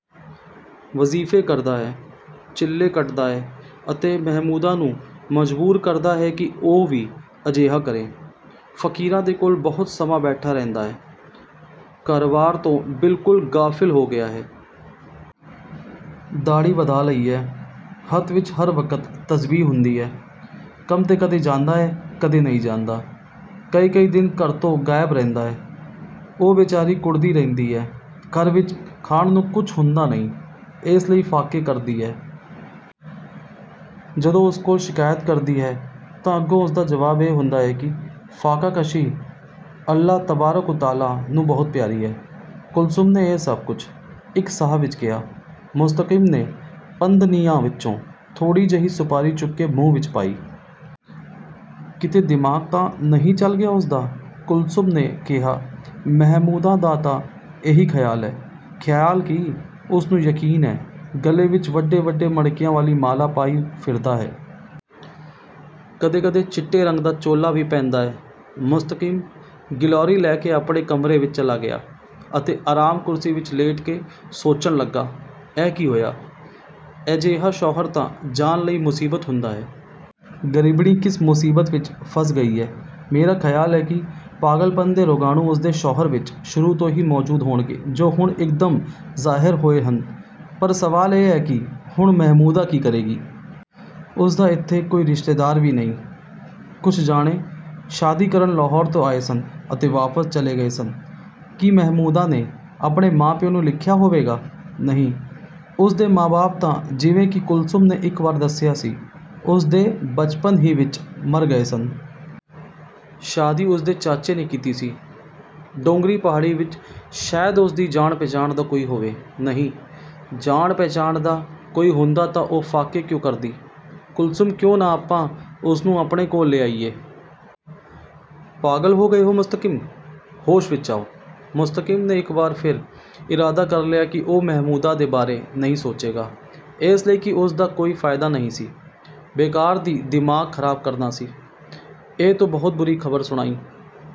ਵਜ਼ੀਫ਼ੇ ਕਰਦਾ ਹੈ, ਚਿੱਲੇ ਕੱਟਦਾ ਹੈ ਅਤੇ ਮਹਿਮੂਦਾ ਨੂੰ ਮਜਬੂਰ ਕਰਦਾ ਹੈ ਕਿ ਉਹ ਵੀ ਅਜਿਹਾ ਕਰੇ। ਫ਼ਕੀਰਾਂ ਦੇ ਕੋਲ ਬਹੁਤ ਸਮਾਂ ਬੈਠਾ ਰਹਿੰਦਾ ਹੈ। ਘਰ ਵਾਰ ਤੋਂ ਬਿਲਕੁਲ ਗ਼ਾਫਿਲ ਹੋ ਗਿਆ ਹੈ। "ਦਾੜ੍ਹੀ ਵਧਾ ਲਈ ਹੈ। ਹੱਥ ਵਿੱਚ ਹਰ ਵਕਤ ਤਸਬੀਹ ਹੁੰਦੀ ਹੈ। ਕੰਮ ਤੇ ਕਦੇ ਜਾਂਦਾ ਹੈ, ਕਦੇ ਨਹੀਂ ਜਾਂਦਾ। ਕਈ-ਕਈ ਦਿਨ ਘਰ ਤੋਂ ਗਾਇਬ ਰਹਿੰਦਾ ਹੈ। ਉਹ ਬੇਚਾਰੀ ਕੁੜ੍ਹਦੀ ਰਹਿੰਦੀ ਹੈ। ਘਰ ਵਿੱਚ ਖਾਣ ਨੂੰ ਕੁੱਝ ਹੁੰਦਾ ਨਹੀਂ, ਇਸ ਲਈ ਫ਼ਾਕੇ ਕਰਦੀ ਹੈ। ਜਦੋਂ ਉਸ ਕੋਲ ਸ਼ਿਕਾਇਤ ਕਰਦੀ ਹੈ ਤਾਂ ਅੱਗੋਂ ਉਸਦਾ ਜਵਾਬ ਇਹ ਹੁੰਦਾ ਹੈ ਕਿ ਫ਼ਾਕਾਕਸ਼ੀ ਅੱਲ੍ਹਾ ਤਬਾਰਕ-ਓ-ਤਾਲਾ ਨੂੰ ਬਹੁਤ ਪਿਆਰੀ ਹੈ। "ਕੁਲਸੁਮ ਨੇ ਇਹ ਸਭ ਕੁੱਝ ਇੱਕ ਸਾਹ ਵਿੱਚ ਕਿਹਾ। ਮੁਸਤਕੀਮ ਨੇ ਪੰਦਨੀਆ ਵਿੱਚੋਂ ਥੋੜ੍ਹੀ ਜਹੀ ਸੁਪਾਰੀ ਚੁੱਕ ਕੇ ਮੂੰਹ ਵਿੱਚ ਪਾਈ। "ਕਿਤੇ ਦਿਮਾਗ਼ ਤਾਂ ਨਹੀਂ ਚੱਲ ਗਿਆ ਉਸ ਦਾ? " ਕੁਲਸੁਮ ਨੇ ਕਿਹਾ। "ਮਹਿਮੂਦਾ ਦਾ ਤਾਂ ਇਹੀ ਖ਼ਿਆਲ ਹੈ। ਖ਼ਿਆਲ ਕੀ, ਉਸ ਨੂੰ ਯਕੀਨ ਹੈ। ਗਲੇ ਵਿੱਚ ਵੱਡੇ-ਵੱਡੇ ਮਣਕਿਆਂ ਵਾਲੀ ਮਾਲਾ ਪਾਈ ਫਿਰਦਾ ਹੈ। ਕਦੇ-ਕਦੇ ਚਿੱਟੇ ਰੰਗ ਦਾ ਚੋਲਾ ਵੀ ਪਹਿਨਦਾ ਹੈ। "ਮੁਸਤਕੀਮ ਗਿਲੋਰੀ ਲੈ ਕੇ ਆਪਣੇ ਕਮਰੇ ਵਿੱਚ ਚਲਾ ਗਿਆ ਅਤੇ ਆਰਾਮ ਕੁਰਸੀ ਵਿੱਚ ਲੇਟ ਕੇ ਸੋਚਣ ਲਗਾ। "ਇਹ ਕੀ ਹੋਇਆ? ਅਜਿਹਾ ਸ਼ੌਹਰ ਤਾਂ ਜਾਨ ਲਈ ਮੁਸੀਬਤ ਹੁੰਦਾ ਹੈ। ਗ਼ਰੀਬਣੀ ਕਿਸ ਮੁਸੀਬਤ ਵਿੱਚ ਫਸ ਗਈ ਹੈ। ਮੇਰਾ ਖ਼ਿਆਲ ਹੈ ਕਿ ਪਾਗਲਪਨ ਦੇ ਰੋਗਾਣੂ ਉਸ ਦੇ ਸ਼ੌਹਰ ਵਿੱਚ ਸ਼ੁਰੂ ਤੋਂ ਹੀ ਮੌਜੂਦ ਹੋਣਗੇ ਜੋ ਹੁਣ ਇੱਕ ਦਮ ਜ਼ਾਹਰ ਹੋਏ ਹਨ। ਪਰ ਸਵਾਲ ਇਹ ਹੈ ਕਿ ਹੁਣ ਮਹਿਮੂਦਾ ਕੀ ਕਰੇਗੀ। ਉਸ ਦਾ ਇੱਥੇ ਕੋਈ ਰਿਸ਼ਤੇਦਾਰ ਵੀ ਨਹੀਂ। ਕੁੱਝ ਜਾਣੇ ਸ਼ਾਦੀ ਕਰਨ ਲਾਹੌਰ ਤੋਂ ਆਏ ਸਨ ਅਤੇ ਵਾਪਸ ਚਲੇ ਗਏ ਸਨ। ਕੀ ਮਹਿਮੂਦਾ ਨੇ ਆਪਣੇ ਮਾਂ-ਪਿਉ ਨੂੰ ਲਿਖਿਆ ਹੋਵੇਗਾ? ਨਹੀਂ, ਉਸ ਦੇ ਮਾਂ ਬਾਪ ਤਾਂ ਜਿਵੇਂ ਕਿ ਕੁਲਸੁਮ ਨੇ ਇੱਕ ਵਾਰ ਦਸਿਆ ਸੀ ਉਸ ਦੇ ਬਚਪਨ ਹੀ ਵਿੱਚ ਮਰ ਗਏ ਸਨ। ਸ਼ਾਦੀ ਉਸ ਦੇ ਚਾਚੇ ਨੇ ਕੀਤੀ ਸੀ। ਡੋਂਗਰੀ ਪਹਾੜੀ ਵਿੱਚ ਸ਼ਾਇਦ ਉਸ ਦੀ ਜਾਣ ਪਹਿਚਾਣ ਦਾ ਕੋਈ ਹੋਵੇ। ਨਹੀਂ, ਜਾਣ ਪਹਿਚਾਣ ਦਾ ਕੋਈ ਹੁੰਦਾ ਤਾਂ ਉਹ ਫ਼ਾਕੇ ਕਿਉਂ ਕਰਦੀ? ਕੁਲਸੁਮ ਕਿਉਂ ਨਾ ਆਪਾ ਉਸਨੂੰ ਆਪਣੇ ਕੋਲ ਲੈ ਆਇਏ। ਪਾਗਲ ਹੋ ਗਏ ਹੋ ਮੁਸਤਕੀਮ? ਹੋਸ਼ ਵਿੱਚ ਆਓ। " ਮੁਸਤਕੀਮ ਨੇ ਇੱਕ ਵਾਰ ਫਿਰ ਇਰਾਦਾ ਕਰ ਲਿਆ ਕਿ ਉਹ ਮਹਿਮੂਦਾ ਦੇ ਬਾਰੇ ਨਹੀਂ ਸੋਚੇਗਾ, ਇਸ ਲਈ ਕਿ ਉਸ ਦਾ ਕੋਈ ਫ਼ਾਇਦਾ ਨਹੀਂ ਸੀ, ਬੇਕਾਰ ਦੀ ਦਿਮਾਗ ਖਰਾਬ ਕਰਨਾ ਸੀ। "ਇਹ ਤੂੰ ਬਹੁਤ ਬੁਰੀ ਖ਼ਬਰ ਸੁਣਾਈ।